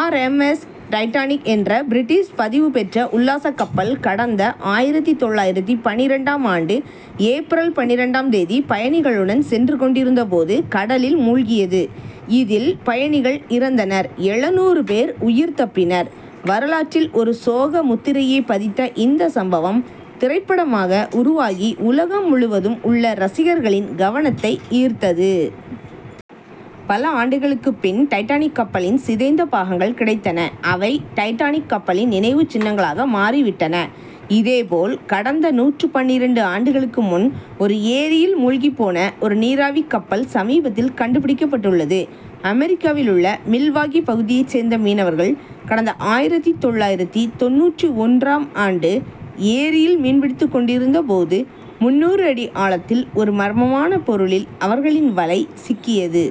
R. M. S., Titanic என்ற British பதிவு பெற்ற உல்லாசக் கப்பல், கடந்த ஆயிரத்து தொள்ளாயிரத்து பன்னிரண்டாம் ஆண்டு ஏப்ரல் பன்னிரண்டாம் தேதி பயணிகளுடன் சென்று கொண்டிருந்த போது, கடலில் மூழ்கியது. இதில் பயணிகள் இறந்தனர் எழுநூறு பேர் உயிர் தப்பினர். வரலாற்றில் ஒரு சோக முத்திரையை பதித்த இந்த சம்பவம் திரைப்படமாக உருவாகி, உலகம் முழுவதும் உள்ள ரசிகர்களின் கவனத்தை ஈர்த்தது. பல ஆண்டுகளுக்கு பின், டைட்டானிக் கப்பலின் சிதைந்த பாகங்கள் கிடைத்தன. அவை டைட்டானிக் கப்பலின் நினைவுச் சின்னங்களாக மாறிவிட்டன. இதேபோல், கடந்த நூற்று பன்னிரண்டு ஆண்டுகளுக்கு முன் ஒரு ஏரியில் மூழ்கிப்போன ஒரு நீராவிக் கப்பல் சமீபத்தில் கண்டுபிடிக்கப்பட்டுள்ளது. அமெரிக்காவில் உள்ள, மில்வாகி பகுதியைச் சேர்ந்த மீனவர்கள், கடந்த ஆயிரத்து தொள்ளாயிரத்து தொண்ணூற்று ஒன்றாம் ஆண்டு ஏரியில் மீன் பிடித்துக் கொண்டிருந்தபோது முந்நூறு அடி ஆழத்தில் ஒரு மர்மமான பொருளில் அவர்களின் வலை சிக்கியது.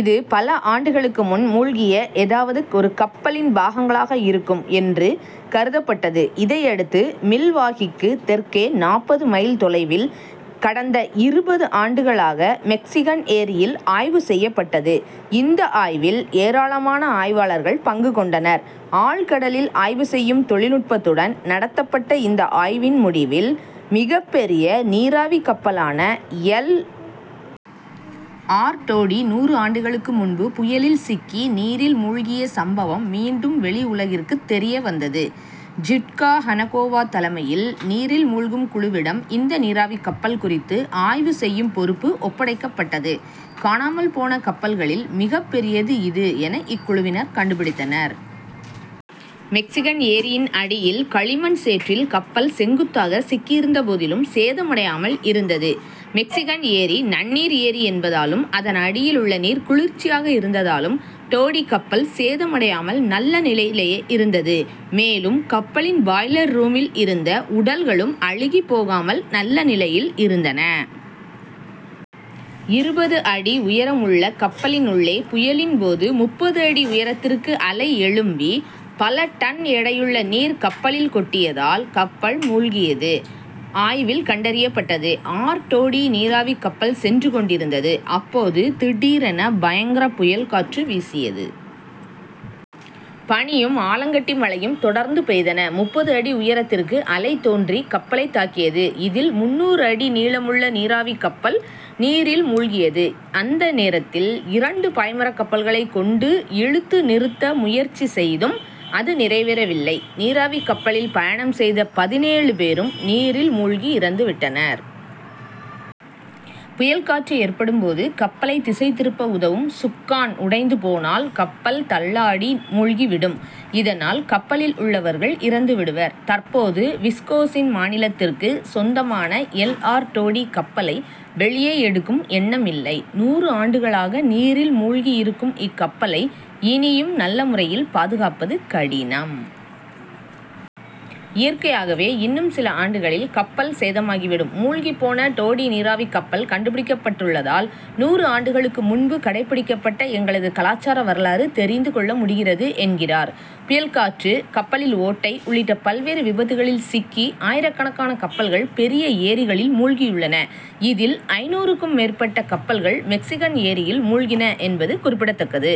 இது, பல ஆண்டுகளுக்கு முன் மூழ்கிய ஏதாவது ஒரு கப்பலின் பாகங்களாக இருக்கும் என்று கருதப்பட்டது. இதையடுத்து, மில்வாகிக்கு தெற்கே நாற்பது மைல் தொலைவில், கடந்த இருபது ஆண்டுகளாக மெக்சிகன் ஏரியில் ஆய்வு செய்யப்பட்டது. இந்த ஆய்வில் ஏராளமான ஆய்வாளர்கள் பங்கு கொண்டனர். ஆழ்கடலில் ஆய்வு செய்யும் தொழில் நுட்பத்துடன் நடத்தப்பட்ட இந்த ஆய்வின் முடிவில், மிகப்பெரிய நீராவிக் கப்பலான எல். ஆர். டோடி, நூறு ஆண்டுகளுக்கு முன்பு புயலில் சிக்கி நீரில் மூழ்கிய சம்பவம் மீண்டும் வெளி உலகிற்கு தெரியவந்தது. ஜிட்கா ஹனகோவா தலைமையில் நீரில் மூழ்கும் குழுவிடம் இந்த நீராவிக் கப்பல் குறித்து ஆய்வு செய்யும் பொறுப்பு ஒப்படைக்கப்பட்டது. காணாமல் போன கப்பல்களில் மிகப்பெரியது இது என இக்குழுவினர் கண்டுபிடித்தனர். மெக்சிகன் ஏரியின் அடியில் களிமண் சேற்றில் கப்பல் செங்குத்தாக சிக்கியிருந்த போதிலும் சேதமடையாமல் இருந்தது. மெக்சிகன் ஏரி நன்னீர் ஏரி என்பதாலும், அதன் அடியில் உள்ள நீர் குளிர்ச்சியாக இருந்ததாலும் டோடி கப்பல் சேதமடையாமல், நல்ல நிலையிலேயே இருந்தது. மேலும், கப்பலின் பாய்லர் ரூமில் இருந்த உடல்களும், அழுகிப் போகாமல் நல்ல நிலையில் இருந்தன. இருபது அடி உயரம் உள்ள கப்பலின் உள்ளே, புயலின் போது முப்பது அடி உயரத்திற்கு அலை எழும்பி பல டன் எடையுள்ள நீர் கப்பலில் கொட்டியதால் கப்பல் மூழ்கியது ஆய்வில் கண்டறியப்பட்டது. ஆர். டோடி நீராவிக் கப்பல் சென்று கொண்டிருந்தது. அப்போது, திடீரென பயங்கர புயல் காற்று வீசியது. பனியும், ஆலங்கட்டி மழையும் தொடர்ந்து பெய்தன. முப்பது அடி உயரத்திற்கு அலை தோன்றி கப்பலை தாக்கியது. இதில் முந்நூறு அடி நீளமுள்ள நீராவிக் கப்பல் நீரில் மூழ்கியது. அந்த நேரத்தில் இரண்டு பாய்மரக்கப்பல்களை கொண்டு இழுத்து நிறுத்த முயற்சி செய்தும் அது நிறைவேறவில்லை. நீராவிக் கப்பலில் பயணம் செய்த பதினேழு பேரும் நீரில் மூழ்கி இறந்து விட்டனர். புயல் காற்று ஏற்படும் போது கப்பலை திசை திருப்ப உதவும் சுக்கான் உடைந்து போனால் கப்பல் தள்ளாடி மூழ்கி விடும். இதனால் கப்பலில் உள்ளவர்கள் இறந்து விடுவர். தற்போது விஸ்கோசின் மாநிலத்திற்கு சொந்தமான எல். ஆர். டோடி கப்பலை வெளியே எடுக்கும் எண்ணமில்லை. நூறு ஆண்டுகளாக நீரில் மூழ்கி இருக்கும் இக்கப்பலை இனியும் நல்ல முறையில் பாதுகாப்பது கடினம். இயற்கையாகவே இன்னும் சில ஆண்டுகளில் கப்பல் சேதமாகிவிடும். மூழ்கிப்போன டோடி நீராவிக் கப்பல் கண்டுபிடிக்கப்பட்டுள்ளதால், நூறு ஆண்டுகளுக்கு முன்பு கடைபிடிக்கப்பட்ட எங்களது கலாசார வரலாறு தெரிந்து கொள்ள முடிகிறது என்கிறார். புயல் காற்று, கப்பலில் ஓட்டை உள்ளிட்ட பல்வேறு விபத்துக்களில் சிக்கி ஆயிரக்கணக்கான கப்பல்கள் பெரிய ஏரிகளில் மூழ்கியுள்ளன. இதில் ஐந்நூறுக்கும் மேற்பட்ட கப்பல்கள் மெக்சிகன் ஏரியில் மூழ்கின என்பது குறிப்பிடத்தக்கது.